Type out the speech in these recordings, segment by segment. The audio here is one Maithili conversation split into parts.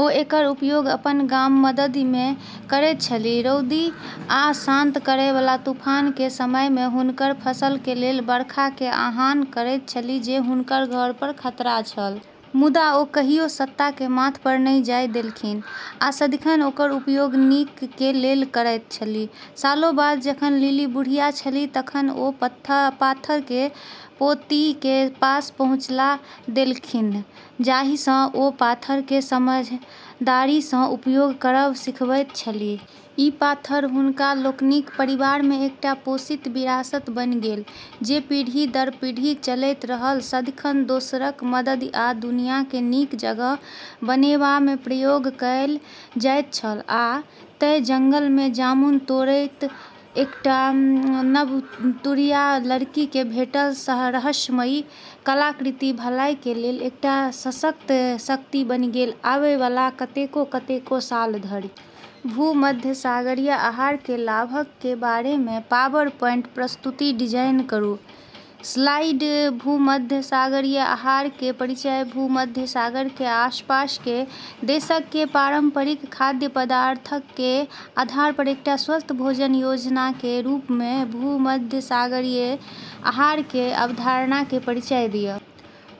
ओ एकर उपयोग अपन गामक मददि मे करैत छलीह, रौदी आ शांत करय बला तूफान के समय मे हुनकर फसल के लेल बरखा के आह्वान करैत छलीह जे हुनकर घर पर खतरा छल. मुदा ओ कहियो सत्ता के माथ पर नहि जाय देलखिन, आ सदिखन ओकर उपयोग नीक के लेल करैत छलीह। सालों बाद जखन लिली बुढ़िया छलीह तखन ओ पाथर के पोती के पास पहुंचा देलखिन्ह, जाहि सं ओ पाथर के समझदारी सं उपयोग करब सिखबैत छलीह. ई पाथर हुनका लोकनिक परिवार मे एकटा पोषित विरासत बनि गेल, जे पीढ़ी दर पीढ़ी चलैत रहल, सदिखन दोसरक मददि आ दुनिया केँ नीक जगह बनेबा मे प्रयोग कयल जाइत छल आ तें, जंगल में जामुन तोड़ैत एकटा नवतुरिया लड़की के भेटल रहस्यमयी कलाकृति, भलाई के लेल एकटा सशक्त शक्ति बनि गेल, आबै बला कतेको, कतेको साल धरि. भूमध्यसागरीय आहार कें लाभक कें बारे मे पावरपॉइंट प्रस्तुति डिजाइन करूं. स्लाइड: भूमध्यसागरीय आहार कें परिचय भूमध्य सागर कें आसपास कें देशक कें पारंपरिक खाद्य पदार्थक कें आधार पर एकटा स्वस्थ भोजन योजना कें रूप मे भूमध्यसागरीय आहार कें अवधारणा कें परिचय दिअ.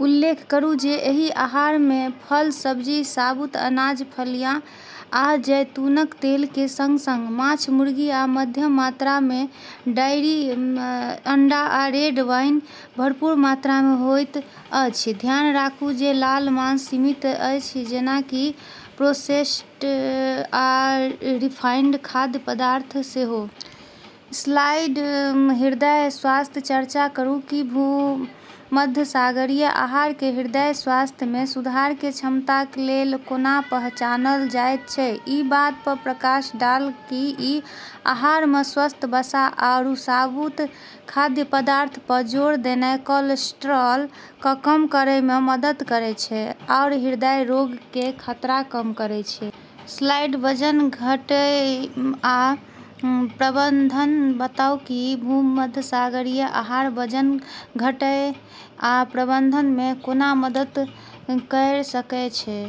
उल्लेख करू जे एहि आहार मे फल, सब्जी, साबुत अनाज, फलियां आ जैतूनक तेल के संग-संग माछ, मुर्गी, आ मध्यम मात्रा मे डेयरी, अंडा आ रेड वाइन भरपूर मात्रा मे होइत अछि। ध्यान राखू जे लाल मांस सीमित अछि, जेना कि प्रोसेस्ड आ रिफाइंड खाद्य पदार्थ सेहो। स्लाइड: हृदय स्वास्थ्य चर्चा करूं की भूमध्यसागरीय आहार कें हृदय स्वास्थ्य मे सुधार कें क्षमता कें लेल कोना पहचानल जायत छै. ई बात प॑ प्रकाश डालऽ कि ई आहार म॑ स्वस्थ वसा आरू साबुत खाद्य पदार्थ प॑ जोर देना कोलेस्ट्रॉल क॑ कम करै म॑ मदद करै छै आरू हृदय रोग के खतरा कम करै छै। स्लाइड: वजन घटएय आ प्रबंधन बताऊं की भूमध्यसागरीय आहार वजन घटएय आ प्रबंधन मे कोना मदद कयर सकएय छै.